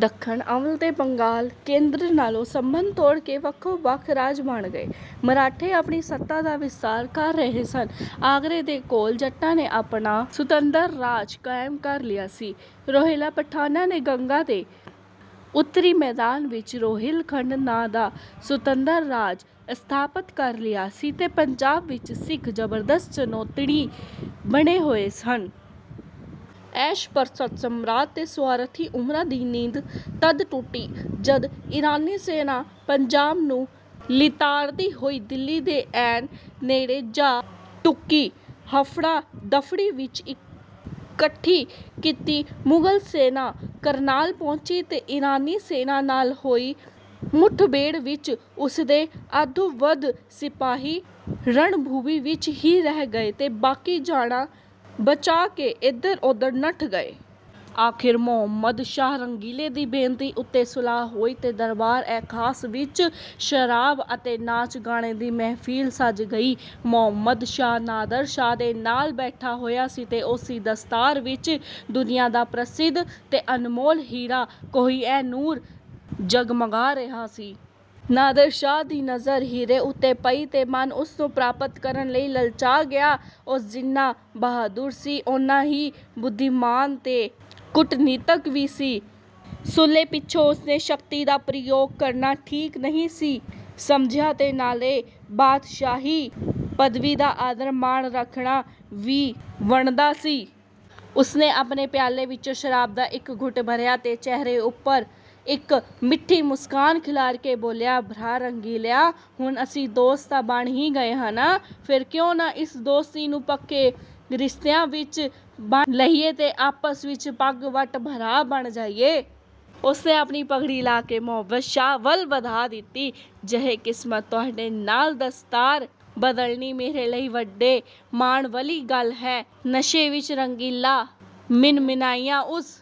ਦੱਖਣ, ਅਵਧ ਤੇ ਬੰਗਾਲ, ਕੇਂਦਰ ਨਾਲੋਂ ਸੰਬੰਧ ਤੋੜ ਕੇ ਵੱਖੋ-ਵੱਖ ਰਾਜ ਬਣ ਗਏ। ਮਰਾਠੇ ਆਪਣੀ ਸੱਤਾ ਦਾ ਵਿਸਥਾਰ ਕਰ ਰਹੇ ਸਨ, ਆਗਰੇ ਦੇ ਕੋਲ ਜੱਟਾਂ ਨੇ ਆਪਣਾ ਸੁਤੰਤਰ-ਰਾਜ ਕਾਇਮ ਕਰ ਲਿਆ ਸੀ। ਰੋਹਿਲਾ ਪਠਾਨਾਂ ਨੇ ਗੰਗਾ ਦੇ ਉੱਤਰੀ ਮੈਦਾਨ ਵਿੱਚ ਰੋਹਿਲਖੰਡ ਨਾਂ ਦਾ ਸੁਤੰਤਰ-ਰਾਜ ਸਥਾਪਤ ਕਰ ਲਿਆ ਸੀ ਤੇ ਪੰਜਾਬ ਵਿੱਚ ਸਿੱਖ ਜ਼ਬਰਦਸਤ ਚੁਣੌਤੀ ਬਣੇ ਹੋਏ ਸਨ। ਐਸ਼-ਪ੍ਰਸਤ ਸਮਰਾਟ ਤੇ ਸੁਆਰਥੀ ਉਮਰਾ ਦੀ ਨੀਂਦ ਤਦ ਟੁੱਟੀ ਜਦ ਈਰਾਨੀ ਸੈਨਾ ਪੰਜਾਬ ਨੂੰ ਲਿਤਾੜਦੀ ਹੋਈ ਦਿੱਲੀ ਦੇ ਐਨ ਨੇੜੇ ਜਾ ਢੁੱਕੀ। ਹਫੜਾ-ਦਫੜੀ ਵਿੱਚ ਇਕੱਠੀ ਕੀਤੀ ਮੁਗਲ ਸੈਨਾ ਕਰਨਾਲ ਪਹੁੰਚੀ ਤੇ ਈਰਾਨੀ ਸੈਨਾ ਨਾਲ ਹੋਈ ਮੁੱਠ-ਭੇੜ ਵਿੱਚ ਉਸਦੇ ਅੱਧੋਂ ਵੱਧ ਸਿਪਾਹੀ ਰਣਭੂਮੀ ਵਿੱਚ ਹੀ ਰਹਿ ਗਏ ਤੇ ਬਾਕੀ ਜਾਨਾਂ ਬਚਾ ਕੇ ਏਧਰ-ਉਧਰ ਨੱਠ ਗਏ। ਅਖੀਰ ਮੁਹੰਮਦ ਸ਼ਾਹ ਰੰਗੀਲੇ ਦੀ ਬੇਨਤੀ ਉੱਤੇ ਸੁਲ੍ਹਾ ਹੋਈ ਤੇ ਦਰਬਾਰ-ਏ-ਖਾਸ ਵਿੱਚ ਸ਼ਰਾਬ ਅਤੇ ਨਾਚ-ਗਾਣੇ ਦੀ ਮਹਿਫਲ ਸਜ ਗਈ। ਮੁਹੰਮਦ ਸ਼ਾਹ, ਨਾਦਰ ਸ਼ਾਹ ਦੇ ਨਾਲ ਬੈਠਾ ਹੋਇਆ ਸੀ ਤੇ ਉਸ ਦੀ ਦਸਤਾਰ ਵਿੱਚ ਦੁਨੀਆਂ ਦਾ ਪ੍ਰਸਿੱਧ ਤੇ ਅਣਮੋਲ ਹੀਰਾ 'ਕੋਹ-ਏ-ਨੂਰ' ਜਗਮਗਾ ਰਿਹਾ ਸੀ। ਨਾਦਰ ਸ਼ਾਹ ਦੀ ਨਜ਼ਰ ਹੀਰੇ ਉੱਤੇ ਪਈ ਤੇ ਮਨ ਉਸ ਨੂੰ ਪ੍ਰਾਪਤ ਕਰਨ ਲਈ ਲਲਚਾ ਗਿਆ। ਉਹ ਜਿੰਨਾ ਬਹਾਦਰ ਸੀ, ਉਨ੍ਹਾਂ ਹੀ ਬੁੱਧੀਮਾਨ ਤੇ ਕੂਟਨੀਤਕ ਵੀ ਸੀ। ਸੁਲ੍ਹੇ ਪਿੱਛੋਂ ਉਸਨੇ ਸ਼ਕਤੀ ਦਾ ਪ੍ਰਯੋਗ ਕਰਨਾ ਠੀਕ ਨਹੀਂ ਸੀ ਸਮਝਿਆ ਤੇ ਨਾਲੇ ਬਾਦਸ਼ਾਹੀ-ਪਦਵੀ ਦਾ ਆਦਰ-ਮਾਣ ਰੱਖਣਾ ਵੀ ਬਣਦਾ ਸੀ। ਉਸਨੇ ਆਪਣੇ ਪਿਆਲੇ ਵਿੱਚੋਂ ਸ਼ਰਾਬ ਦਾ ਇੱਕ ਘੁੱਟ ਭਰਿਆ ਤੇ ਚਿਹਰੇ ਉੱਪਰ ਇੱਕ ਮਿੱਠੀ ਮੁਸਕਾਨ ਖਿਲਾਰ ਕੇ ਬੋਲਿਆ, "ਭਰਾ ਰੰਗੀਲਿਆ, ਹੁਣ ਅਸੀਂ ਦੋਸਤ ਤਾਂ ਬਣ ਹੀ ਗਏ ਹਾਂ ਨਾ? ਫੇਰ ਕਿਉਂ ਨਾ ਇਸ ਦੋਸਤੀ ਨੂੰ ਪੱਕੇ ਰਿਸ਼ਤਿਆਂ ਵਿੱਚ ਬੰਨ੍ਹ ਲਈਏ ਤੇ ਆਪਸ ਵਿੱਚ ਪੱਗ-ਵੱਟ ਭਰਾ ਬਣ ਜਾਈਏ?" ਉਸਨੇ ਆਪਣੀ ਪਗੜੀ ਲਾਹ ਕੇ ਮੁਹੰਮਦ ਸ਼ਾਹ ਵੱਲ ਵਧਾ ਦਿੱਤੀ। "ਜਹੇ ਕਿਸਮਤ! ਤੁਹਾਡੇ ਨਾਲ ਦਸਤਾਰ ਬਦਲਣੀ ਮੇਰੇ ਲਈ ਵੱਡੇ ਮਾਣ ਵਾਲੀ ਗੱਲ ਹੈ।" ਨਸ਼ੇ ਵਿੱਚ ਰੰਗੀਲਾ ਮਿਨਮਿਣਾਇਆ। ਉਸ